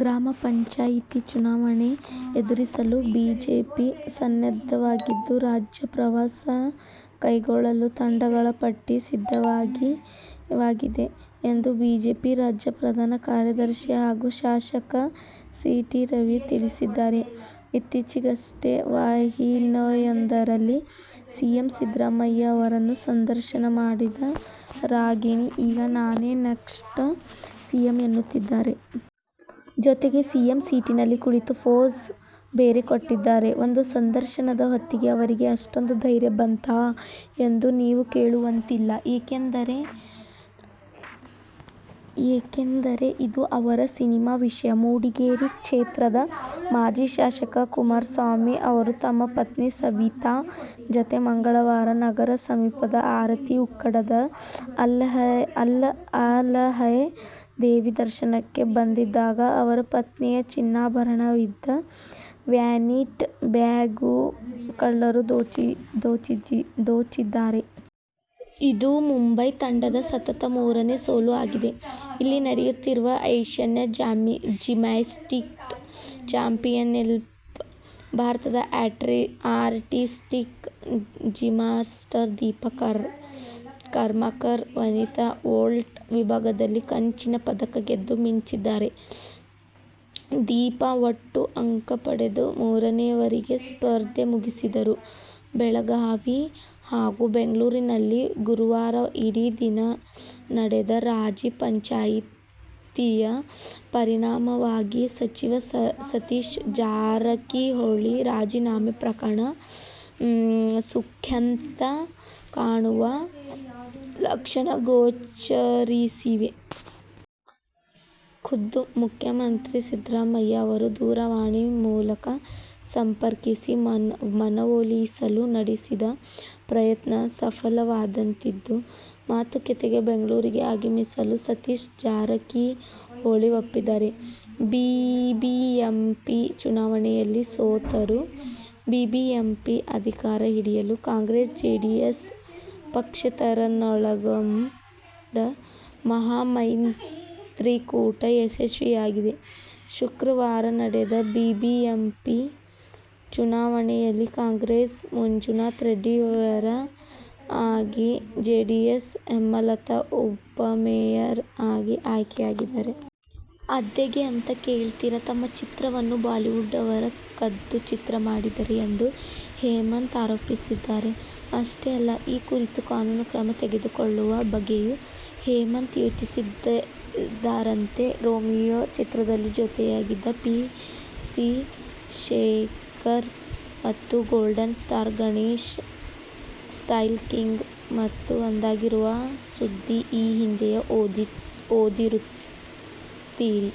ಗ್ರಾಮ ಪಂಚಾಯಿತಿ ಚುನಾವಣೆ ಎದುರಿಸಲು ಬಿಜೆಪಿ ಸನ್ನದ್ಧವಾಗಿದ್ದು, ರಾಜ್ಯ ಪ್ರವಾಸ ಕೈಗೊಳ್ಳಲು ತಂಡಗಳ ಪಟ್ಟಿ ಸಿದ್ಧವಾಗಿದೆ ಎಂದು ಬಿಜೆಪಿ ರಾಜ್ಯ ಪ್ರಧಾನ ಕಾರ್ಯದರ್ಶಿ ಹಾಗೂ ಶಾಸಕ ಸಿ. ಟಿ. ರವಿ ತಿಳಿಸಿದ್ದಾರೆ. ಇತ್ತೀಚೆಗಷ್ಟೇ ವಾಹಿನಿಯೊಂದರಲ್ಲಿ ಸಿಎಂ ಸಿದ್ಧರಾಮಯ್ಯ ಅವರನ್ನು ಸಂದರ್ಶನ ಮಾಡಿದ ರಾಗಿಣಿ ಈಗ "ನಾನೇ ನೆಕ್ಸ್ಟ್ ಸಿಎಂ' ಎನ್ನುತ್ತಿದ್ದಾರೆ. ಜೊತೆಗೆ ಸಿಎಂ ಸೀಟಿನಲ್ಲಿ ಕುಳಿತು ಫೋಸ್ ಬೇರೆ ಕೊಟ್ಟಿದ್ದಾರೆ! ಒಂದು ಸಂದರ್ಶನದ ಹೊತ್ತಿಗೇ ಅವರಿಗೆ ಅಷ್ಟೊಂದು ಧೈರ್ಯ ಬಂತಾ ಎಂದು ನೀವು ಕೇಳುವಂತಿಲ್ಲ. ಏಕೆಂದರೆ, ಇದು ಅವರ ಸಿನಿಮಾ ವಿಷಯ. ಮೂಡಿಗೆರೆ ಕ್ಷೇತ್ರದ ಮಾಜಿ ಶಾಸಕ ಕುಮಾರಸ್ವಾಮಿ ಅವರು ತಮ್ಮ ಪತ್ನಿ ಸವಿತಾ ಜತೆ ಮಂಗಳವಾರ ನಗರ ಸಮೀಪದ ಆರತಿ ಉಕ್ಕಡದ ಅಲಹ್ಯ ದೇವಿ ದರ್ಶನಕ್ಕೆ ಬಂದಿದ್ದಾಗ ಅವರ ಪತ್ನಿಯ ಚಿನ್ನಾಭರಣವಿದ್ದ ವ್ಯಾನಿಟಿ ಬ್ಯಾಗ್ನ್ನು ಕಳ್ಳರು ದೋಚಿದ್ದಾರೆ. ಇದು ಮುಂಬೈ ತಂಡದ ಸತತ ಮೂರನೇ ಸೋಲು ಆಗಿದೆ. ಇಲ್ಲಿ ನಡೆಯುತ್ತಿರುವ ಏಶ್ಯನ್ ಜಿಮ್ನಾಸ್ಟಿಕ್ ಚಾಂಪಿಯನ್ಶಿಪ್ನಲ್ಲಿ ಭಾರತದ ಆರ್ಟಿಸ್ಟಿಕ್ ಜಿಮ್ನಾಸ್ಟ್ ದೀಪಾ ಕರ್ಮಾಕರ್ ವನಿತಾ ವೋಲ್ಟ್ ವಿಭಾಗದಲ್ಲಿ ಕಂಚಿನ ಪದಕ ಗೆದ್ದು ಮಿಂಚಿದ್ದಾರೆ. ದೀಪಾ ಒಟ್ಟು ಅಂಕ ಪಡೆದು ಮೂರನೆಯವರಾಗಿ ಸ್ಪರ್ಧೆ ಮುಗಿಸಿದರು. ಬೆಳಗಾವಿ ಹಾಗೂ ಬೆಂಗಳೂರಿನಲ್ಲಿ ಗುರುವಾರ ಇಡೀ ದಿನ ನಡೆದ ರಾಜಿ-ಪಂಚಾಯ್ತಿಯ ಪರಿಣಾಮವಾಗಿ ಸಚಿವ ಸತೀಶ್ ಜಾರಕಿಹೊಳಿ ರಾಜೀನಾಮೆ ಪ್ರಕರಣ ಸುಖಾಂತ್ಯ ಕಾಣುವ ಲಕ್ಷಣ ಗೋಚರಿಸಿವೆ. ಖುದ್ದು ಮುಖ್ಯಮಂತ್ರಿ ಸಿದ್ದರಾಮಯ್ಯ ಅವರು ದೂರವಾಣಿ ಮೂಲಕ ಸಂಪರ್ಕಿಸಿ ಮನವೊಲಿಸಲು ನಡೆಸಿದ ಪ್ರಯತ್ನ ಸಫಲವಾದಂತಿದ್ದು, ಮಾತುಕತೆಗೆ ಬೆಂಗಳೂರಿಗೆ ಆಗಮಿಸಲು ಸತೀಶ್ ಜಾರಕಿಹೊಳಿ ಒಪ್ಪಿದ್ದಾರೆ. ಬಿಬಿಎಂಪಿ ಚುನಾವಣೆಯಲ್ಲಿ ಸೋತರೂ ಬಿಬಿಎಂಪಿ ಅಧಿಕಾರ ಹಿಡಿಯಲು ಕಾಂಗ್ರೆಸ್-ಜೆಡಿಎಸ್-ಪಕ್ಷೇತರರನ್ನೊಳಗೊಂಡ ಮಹಾ ಮೈತ್ರಿಕೂಟ ಯಶಸ್ವಿಯಾಗಿದೆ. ಶುಕ್ರವಾರ ನಡೆದ ಬಿಬಿಎಂಪಿ ಚುನಾ ವಣೆಯಲ್ಲಿ ಕಾಂಗ್ರೆಸ್ನ ಮಂಜುನಾಥ ರೆಡ್ಡಿ ಮೇಯರ್ ಆಗಿ, ಜೆಡಿಎಸ್ನ ಹೇಮಲತಾ ಉಪಮೇಯರ್ ಆಗಿ ಆಯ್ಕೆಯಾಗಿದ್ದಾರೆ. ಅದ್ಹೇಗೆ ಅಂತ ಕೇಳ್ತೀರಾ? ತಮ್ಮ ಚಿತ್ರವನ್ನು ಬಾಲಿವುಡ್ನವರು ಕದ್ದು ಚಿತ್ರ ಮಾಡಿದ್ದಾರೆ ಎಂದು ಹೇಮಂತ್ ಆರೋಪಿಸಿದ್ದಾರೆ. ಅಷ್ಟೇ ಅಲ್ಲ, ಈ ಕುರಿತು ಕಾನೂನು ಕ್ರಮ ತೆಗೆದುಕೊಳ್ಳುವ ಬಗ್ಗೆಯೂ ಹೇಮಂತ್ ಯೋಚಿಸುತ್ತಿದ್ದಾರಂತೆ. ರೋಮಿಯೊ ಚಿತ್ರದಲ್ಲಿ ಜೊತೆಯಾಗಿದ್ದ ಪಿ. ಸಿ ಶೇಖರ್ ಮತ್ತು golden star Ganesh 'style king' ಮತ್ತೆ ಒಂದಾಗಿರುವ ಸುದ್ದಿ ಈ ಹಿಂದೆಯೇ ಓದಿರುತ್ತೀರಿ.